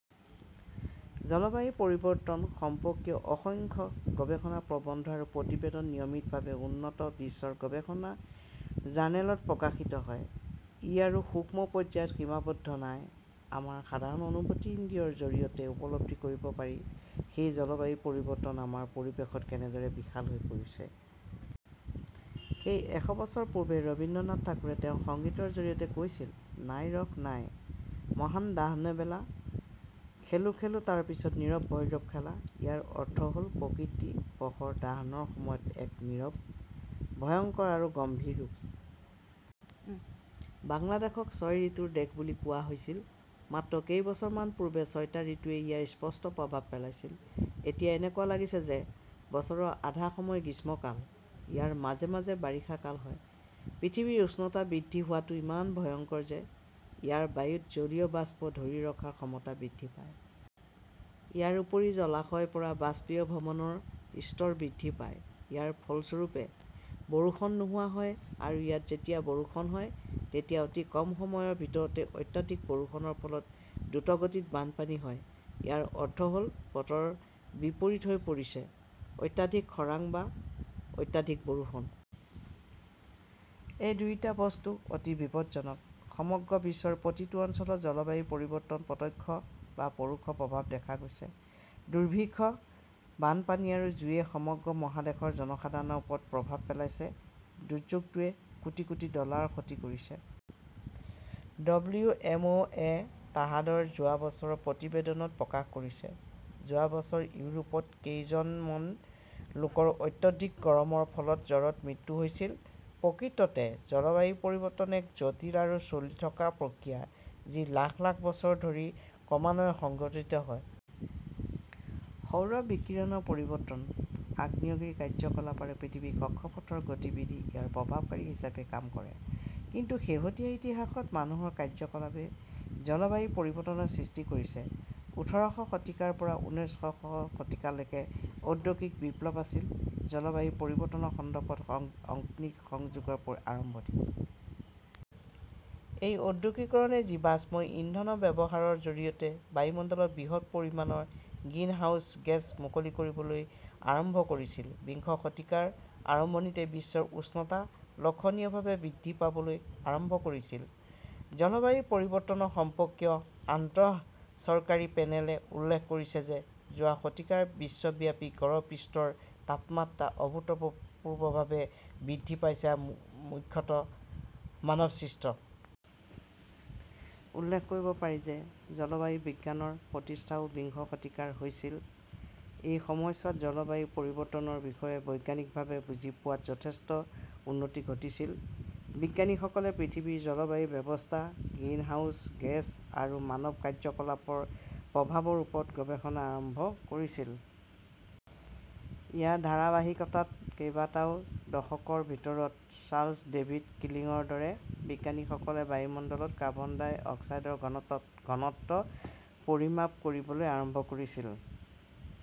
জলবায়ু পৰিৱৰ্তন সম্পৰ্কীয় অসংখ্য গৱেষণা প্ৰবন্ধ আৰু প্ৰতিবেদন নিয়মিতভাৱে উন্নত বিশ্বৰ গৱেষণা জাৰ্নেলত প্ৰকাশিত হয়। ই আৰু সূক্ষ্ম পৰ্যায়ত সীমাবদ্ধ নাই, আমাৰ সাধাৰণ অনুভূতি-ইন্দ্ৰিয়ৰ জৰিয়তে উপলব্ধি কৰিব পাৰি, সেই জলবায়ু পৰিৱৰ্তন আমাৰ পৰিৱেশত কেনেদৰে বিশাল হৈ পৰিছে। সেই এশ বছৰ পূৰ্বে ৰবীন্দ্ৰনাথ ঠাকুৰে তেওঁৰ সংগীতৰ জৰিয়তে কৈছিল, 'নাই ৰস নাই, মহান দাহনেবেলা। খেলো খেলো তাৰপিছত নীৰৱ ভৈৰৱ খেলা। ইয়াৰ অৰ্থ হ'ল, প্ৰকৃতিৰ প্ৰখৰ দাহনৰ সময়ত এক নীৰৱ, ভয়ংকৰ আৰু গম্ভীৰ ৰূপ। বাংলাদেশক ছয় ঋতুৰ দেশ বুলি কোৱা হৈছিল। মাত্ৰ কেইবছৰমান পূৰ্বে ছয়টা ঋতুই ইয়াৰ স্পষ্ট প্ৰভাৱ পেলাইছিল। এতিয়া এনেকুৱা লাগিছে যে, বছৰৰ আধা সময় গ্ৰীষ্মকাল। ইয়াৰ মাজে মাজে বাৰিষা কাল হয়। পৃথিৱীৰ উষ্ণতা বৃদ্ধি হোৱাটো ইমান ভয়ংকৰ যে, ইয়াৰ বায়ুত জলীয় বাষ্প ধৰি ৰখাৰ ক্ষমতা বৃদ্ধি পায়। ইয়াৰ উপৰিও জলাশয়ৰ পৰা বাষ্পীভৱনৰ স্তৰ বৃদ্ধি পায়। ইয়াৰ ফলস্বৰূপে, বৰষুণ নোহোৱা হয় আৰু ইয়াত যেতিয়া বৰষুণ হয়, তেতিয়া অতি কম সময়ৰ ভিতৰতে অত্যধিক বৰষুণৰ ফলত দ্ৰুতগতিত বানপানী হয়। ইয়াৰ অৰ্থ হ'ল বতৰ বিপৰীত হৈ পৰিছে, অত্যাধিক খৰাং বা অত্যাধিক বৰষুণ। এই দুয়োটা বস্তু অতি বিপদজনক। সমগ্ৰ বিশ্বৰ প্ৰতিটো অঞ্চলত জলবায়ু পৰিৱৰ্তন প্ৰত্যক্ষ বা পৰোক্ষ প্ৰভাৱ দেখা গৈছে। দুৰ্ভিক্ষ, বানপানী আৰু জুইয়ে সমগ্ৰ মহাদেশৰ জনসাধাৰণৰ ওপৰত প্ৰভাৱ পেলাইছে। দুৰ্যোগটোৱে কোটি কোটি ডলাৰ ক্ষতি কৰিছে। ডব্লিউ এম অ'এ তাহাদৰ যোৱা বছৰৰ প্ৰতিবেদনত প্ৰকাশ কৰিছে, যোৱা বছৰ ইউৰোপত কেইজনমন লোকৰ অত্যধিক গৰমৰ ফলত জ্বৰত মৃত্যু হৈছিল। প্ৰকৃততে জলবায়ু পৰিৱৰ্তন এক জটিল আৰু চলি থকা প্ৰক্ৰিয়া, যি লাখ লাখ বছৰ ধৰি ক্ৰমান্বয়ে সংঘটিত হয়। সৌৰ বিকিৰণৰ পৰিৱৰ্তন, আগ্নেয়গিৰিৰ কাৰ্যকলাপ আৰু পৃথিৱীৰ কক্ষপথৰ গতিবিধি ইয়াৰ প্ৰভাৱকাৰী হিচাপে কাম কৰে; কিন্তু শেহতীয়া ইতিহাসত মানুহৰ কাৰ্যকলাপে জলবায়ু পৰিৱৰ্তনৰ সৃষ্টি কৰিছে। উঠৰ শ শতিকাৰ পৰা ঊনৈশ শ শতিকালৈকে ঔদ্যোগিক বিপ্লৱ আছিল, জলবায়ু পৰিৱৰ্তনৰ সন্দৰ্ভত অগ্নিসংযোগৰ আৰম্ভণি। এই ঔদ্যোগিকৰণে জীৱাশ্ম ইন্ধনল ব্যৱহাৰৰ জৰিয়তে বায়ুমণ্ডলত বৃহৎ পৰিমাণৰ গ্ৰীনহাউছ গেছ মুকলি কৰিবলৈ আৰম্ভ কৰিছিল। বিংশ শতিকাৰ আৰম্ভণিতে বিশ্বৰ উষ্ণতা লক্ষণীয়ভাৱে বৃদ্ধি পাবলৈ আৰম্ভ কৰিছিল। জলবায়ু পৰিৱৰ্তনৰ সম্পৰ্কীয় আন্তঃ চৰকাৰী পেনেলে উল্লেখ কৰিছে যে, যোৱা শতিকাত বিশ্বব্যাপী গড় পৃষ্ঠৰ তাপমাত্ৰা অভূতপূৰ্বভাৱে বৃদ্ধি পাইছে, মুখ্যতঃ মানৱ-সৃষ্ট। উল্লেখ কৰিব পাৰি যে, জলবায়ু বিজ্ঞানৰ প্ৰতিষ্ঠাও বিংশ শতিকাল হৈছিল। এই সময়ছোৱাত জলবায়ু পৰিৱৰ্তনৰ বিষয়ে বৈজ্ঞানিকভাৱে বুজি পোৱাত যথেষ্ট উন্নতি ঘটিছিল। বিজ্ঞানীসকলে পৃথিৱীৰ জলবায়ু ব্যৱস্থা, গ্ৰীনহাউছ গেছ আৰু মানৱ কাৰ্যকলাপৰ প্ৰভাৱৰ ওপৰত গৱেষণা আৰম্ভ কৰিছিল। ইয়াৰ ধাৰাবাহিকতাত কেইবাটাও দশকৰ ভিতৰত চাৰ্লছ ডেভিড কিলিংৰ দৰে বিজ্ঞানীসকলে বায়ুমণ্ডলত কাৰ্বন ডাই অক্সাইডৰ ঘনত্ব পৰিমাপ কৰিবলৈ আৰম্ভ কৰিছিল।